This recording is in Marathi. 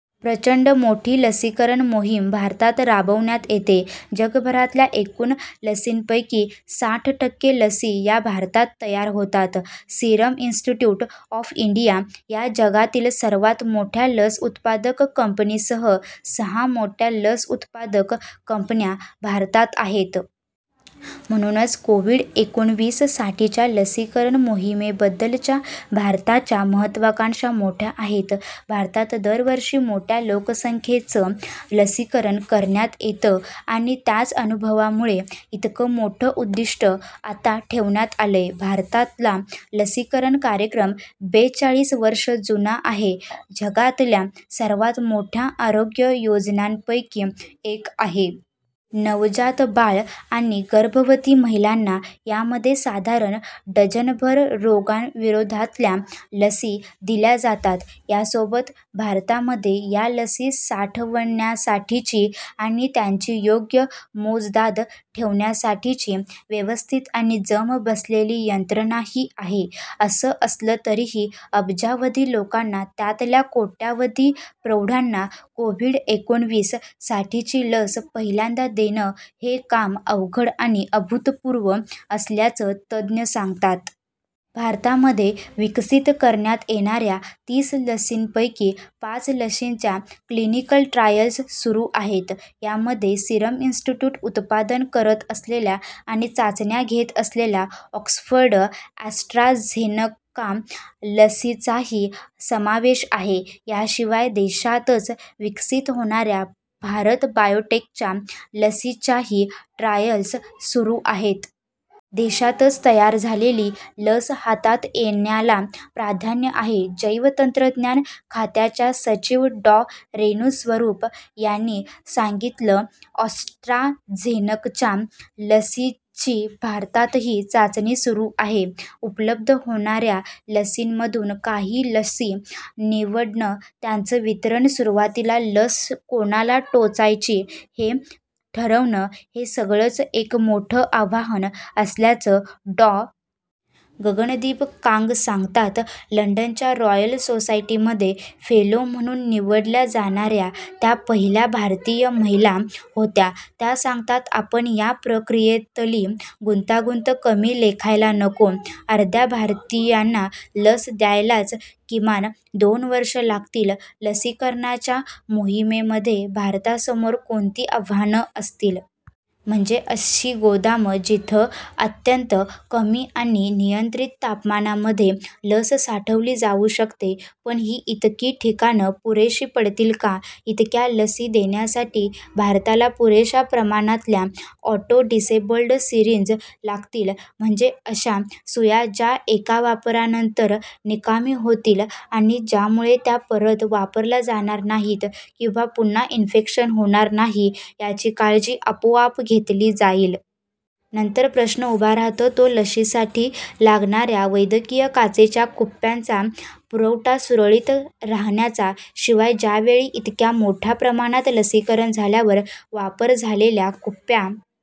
प्रचंड मोठी लसीकरण मोहीम भारतात राबवण्यात येते. जगभरातल्या एकूण लशींपैकी साठ टक्के लशी या भारतात तयार होतात. सिरम इन्स्टिट्यूट ऑफ इंडिया या जगातल्या सर्वांत मोठ्या लस उत्पादक कंपनीसह सहा मोठ्या लस उत्पादक कंपन्या भारतात आहेत. म्हणूनच कोव्हिड-एकोणविस साठीच्या लसीकरण मोहीमेबद्दलच्या भारताच्या महत्त्वाकांक्षा मोठ्या आहेत. भारतात दरवर्षी मोठ्या लोकसंख्येचं लसीकरण करण्यात येतं आणि त्याच अनुभवामुळे इतकं मोठं उद्दिष्टं आता ठेवण्यात आलंय. भारतातला लसीकरण कार्यक्रम बेचाळीस वर्षं जुना आहे. जगातल्या सर्वांत मोठ्या आरोग्य योजनांपैकी एक आहे. नवजात बाळं आणि गर्भवती महिलांना यामध्ये साधारण डझनभर रोगांविरोधातल्या लशी दिल्या जातात. यासोबत भारतामध्ये या लशी साठवण्यासाठीची आणि त्यांची योग्य मोजदाद ठेवण्यासाठीची व्यवस्थित आणि जम बसलेली यंत्रणाही आहे. असं असलं तरीही अब्जावधी लोकांना, त्यातल्या कोट्यावधी प्रौढांना कोव्हिड एकोणविस साठीची लस पहिल्यांदा देणं हे काम अवघड आणि अभूतपूर्व असल्याचं तज्ज्ञ सांगतात. भारतामध्ये विकसित करणाऱ्यात येणाऱ्या तीस लशींपैकी पाच लशींच्या क्लिनिकल ट्रायल्स सुरू आहेत. यामध्ये सिरम इन्स्टिट्यूट उत्पादन करत असलेल्या आणि चाचण्या घेत असलेल्या ऑक्सफर्ड ॲस्ट्राझेनका लशीचाही समावेश आहे. याशिवाय देशातच विकसित होणाऱ्या भारत बायोटेकच्या लशीच्याही ट्रायल्स सुरू आहेत. देशातच तयार झालेली लस हातात येण्याला प्राधान्य आहे जैवतंत्रज्ञान खात्याच्या सचिव डॉ. रेणू स्वरूप यांनी सांगितलं. अॅस्ट्राझेनकाच्या लशीची भारतातही चाचणी सुरू आहे. उपलब्ध होणाऱ्या लशींमधून काही लशी निवडणं त्यांचं वितरण सुरुवातीला लस कोणाला टोचायची हे ठरवणं हे सगळंच एक मोठं आव्हान असल्याचं डॉ. गगनदीप कांग सांगतात. लंडनच्या रॉयल सोसायटीमध्ये फेलो म्हणून निवडल्या जाणाऱ्या त्या पहिल्या भारतीय महिला होत्या. त्या सांगतात आपण या प्रक्रियेतली गुंतागुंत कमी लेखायला नको. अर्ध्या भारतीयांना लस द्यायलाच किमान दोन वर्षं लागतील. लसीकरणाच्या मोहिमेमध्ये भारतासमोर कोणती आव्हानं असतील? म्हणजे अशी गोदामं जिथे अत्यंत कमी आणि नियंत्रित तापमानामध्ये लस साठवली जाऊ शकते. पण ही इतकी ठिकाणं पुरेशी पडतील का? इतक्या लशी देण्यासाठी भारताला पुरेशा प्रमाणातल्या ऑटो डिसेबल्ड सीरिंज लागतील. म्हणजे अशा सुया ज्या एका वापरानंतर निकामी होतील आणि ज्यामुळे त्या परत वापरल्या जाणार नाहीत किंवा पुन्हा इन्फेक्शन होणार नाही याची काळजी आपोआप घेतली जाईल. नंतर प्रश्न उभा राहतो तो लशींसाठी लागणाऱ्या वैद्यकीय काचेच्या कुप्यांचा पुरवठा सुरळीत राहण्याचा. शिवाय ज्यावेळी इतक्या मोठ्या प्रमाणात लसीकरण झाल्यावर वापर झालेल्या कुप्या